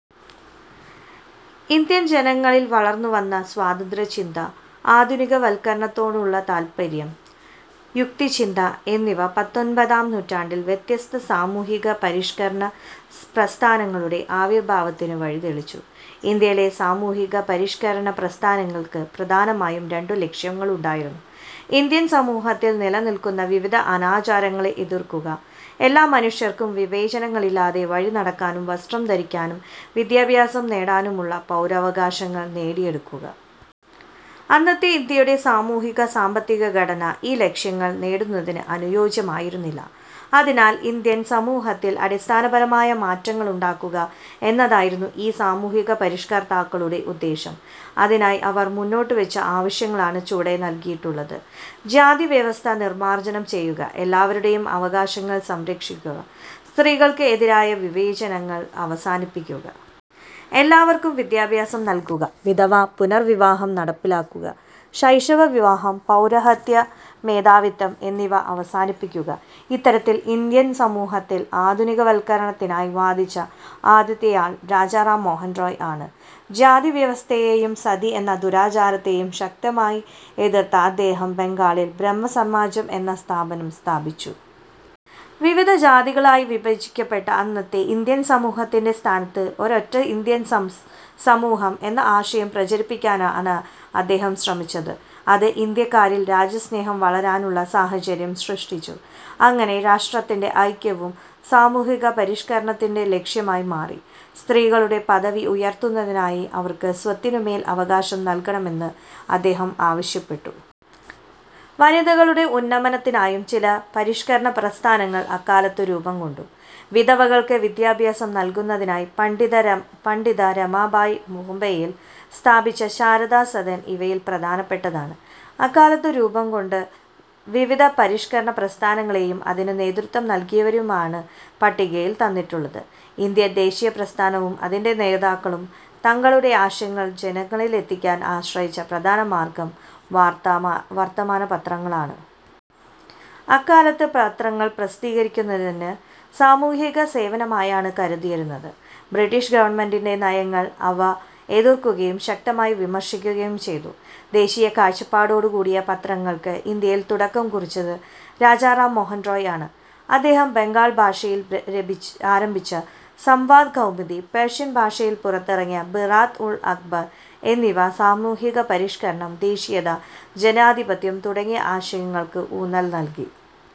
Indian ജനങ്ങളിൽ വളർന്നുവന്ന സ്വതന്ത്രചിന്ത, ആധുനികവൽക്കരണത്തോടുള്ള താൽപ്പര്യം, യുക്തിചിന്ത എന്നിവ പത്തൊൻപതാം നൂറ്റാണ്ടിൽ വ്യത്യസ്ത സാമൂഹികപരിഷ്കരണ പ്രസ്ഥാനങ്ങളുടെ ആവിർഭാവത്തിന് വഴി തെളിച്ചു. ഇന്ത്യയിലെ സാമൂഹികപരിഷ്കരണ പ്രസ്ഥാനങ്ങൾക്ക് പ്രധാനമായും രണ്ടു ലക്ഷ്യങ്ങളുണ്ടായിരുന്നു. ഇന്ത്യൻ സമൂഹത്തിൽ നിലനിൽക്കുന്ന വിവിധ അനാചാരങ്ങളെ എതിർക്കുക. എല്ലാ മനുഷ്യർക്കും വിവേചനങ്ങളില്ലാതെ വഴിനടക്കാനും വസ്ത്രം ധരിക്കാനും വിദ്യാഭ്യാസം നേടാനുമുള്ള പൗരാവകാശങ്ങൾ നേടിയെടുക്കുക. അന്നത്തെ ഇന്ത്യയുടെ സാമൂഹിക-സാമ്പത്തിക ഘടന ഈ ലക്ഷ്യങ്ങൾ നേടുന്നതിന് അനുയോജ്യമായിരുന്നില്ല. അതിനാൽ ഇന്ത്യൻ സമൂഹത്തിൽ അടിസ്ഥാനപരമായ മാറ്റങ്ങളുണ്ടാക്കുക എന്നതായിരുന്നു ഈ സാമൂഹിക പരിഷ്കർത്താക്കളുടെ ഉദ്ദേശ്യം. അതിനായി അവർ മുന്നോട്ടുവച്ച ആവശ്യങ്ങളാണ് ചുവടെ നൽകിയിട്ടുള്ളത്. ജാതിവ്യവസ്ഥ നിർമാർജനം ചെയ്യുക. എല്ലാവരുടെയും അവകാശങ്ങൾ സംരക്ഷിക്കുക. സ്ത്രീകൾക്ക് എതിരായ വിവേചനങ്ങൾ അവസാനിപ്പിക്കുക. എല്ലാവർക്കും വിദ്യാഭ്യാസം നൽകുക. വിധവാ പുനർവിവാഹം നടപ്പിലാക്കുക. ശൈശവ വിവാഹം, പൗരോഹിത്യ മേധാവിത്വം എന്നിവ അവസാനിപ്പിക്കുക. ഇത്തരത്തിൽ ഇന്ത്യൻ സമൂഹത്തിന്റെ ആധുനികവൽക്കരണത്തിനായി വാദിച്ച ആദ്യത്തെയാൾ രാജാ റാം മോഹൻ റായ് ആണ്. ജാതിവ്യവസ്ഥയെയും 'സതി' എന്ന ദുരാചാരത്തെയും ശക്തമായി എതിർത്ത അദ്ദേഹം ബംഗാളിൽ "ബ്രഹ്മസമാജം' എന്ന പ്രസ്ഥാനം സ്ഥാപിച്ചു. വിവിധ ജാതികളായി വിഭജിക്കപ്പെട്ട അന്നത്തെ ഇന്ത്യൻ സമൂഹത്തിന്റെ സ്ഥാനത്ത് ഒരൊറ്റ ഇന്ത്യൻ സമൂഹം എന്ന ആശയം പ്രചരിപ്പിക്കാനാണ് അദ്ദേഹം ശ്രമിച്ചത്. ഇത് ഇന്ത്യക്കാരിൽ രാജ്യസ്നേഹം വളരാനുള്ള സാഹചര്യം സൃഷ്ടിച്ചു. അങ്ങനെ രാഷ്ട്രത്തിന്റെ ഐക്യവും സാമൂഹികപരിഷ്കരണത്തിന്റെ ലക്ഷ്യമായി മാറി. സ്ത്രീകളുടെ പദവി ഉയർത്തുന്നതിനായി അവർക്ക് സ്വത്തിനുമേൽ അവകാശം നൽകണമെന്ന് അദ്ദേഹം ആവശ്യപ്പെട്ടു. വനിതകളുടെ ഉന്നമനത്തിനായും ചില പരിഷ്കരണപ്രസ്ഥാനങ്ങൾ അക്കാലത്ത് രൂപംകൊണ്ടു. വിധവകൾക്ക് വിദ്യാഭ്യാസം നൽകുന്നതിനായി പണ്ഡിത രമാബായി ബോംബെയിൽ സ്ഥാപിച്ച ശാരദാ സദൻ ഇവയിൽ പ്രധാനപ്പെട്ടതാണ്. അക്കാലത്ത് രൂപം കൊണ്ട് വിവിധ പരി ഷ്കരണ പ്രസ്ഥാനങ്ങളെയും അതിന് നേതൃത്വം നൽകിയവരെയുമാണ് പട്ടികയിൽ തന്നിട്ടുള്ളത്. ഇന്ത്യൻ ദേശീയപ്രസ്ഥാനവും അതിന്റെ നേതാക്കളും തങ്ങളുടെ ആശയങ്ങൾ ജനങ്ങളിലെത്തിക്കാൻ ആശ്രയിച്ച പ്രധാനമാർഗം വർത്തമാനപത്രങ്ങളാണ്. അക്കാലത്ത് പത്രങ്ങൾ പ്രസിദ്ധീകരിക്കുന്നത് സാമൂഹികസേവനമായാണ് കരുതിയിരുന്നത്. ബ്രിട്ടീഷ് ഗവൺമെന്റിന്റെ നയങ്ങളെ അവ എതിർക്കുകയും ശക്തമായി വിമർശിക്കുകയും ചെയ്തു. ദേശീയ കാഴ്ചപ്പാടോടുകൂടിയ പത്രങ്ങൾക്ക് ഇന്ത്യയിൽ തുടക്കം കുറിച്ചത് രാജാറാം മോഹൻ റായ് ആണ്. അദ്ദേഹം ബംഗാളി ഭാഷയിൽ ആരംഭിച്ച "സംബാദ് കൗമുദി', പേർഷ്യൻ ഭാഷയിൽ പുറത്തിറക്കിയ "മിറാത് ഉൽ അക്ബർ എന്നിവ സാമൂഹികപരിഷ്കരണം, ദേശീയത, ജനാധിപത്യം തുടങ്ങിയ ആശയങ്ങൾക്ക് ഊന്നൽ നൽകി.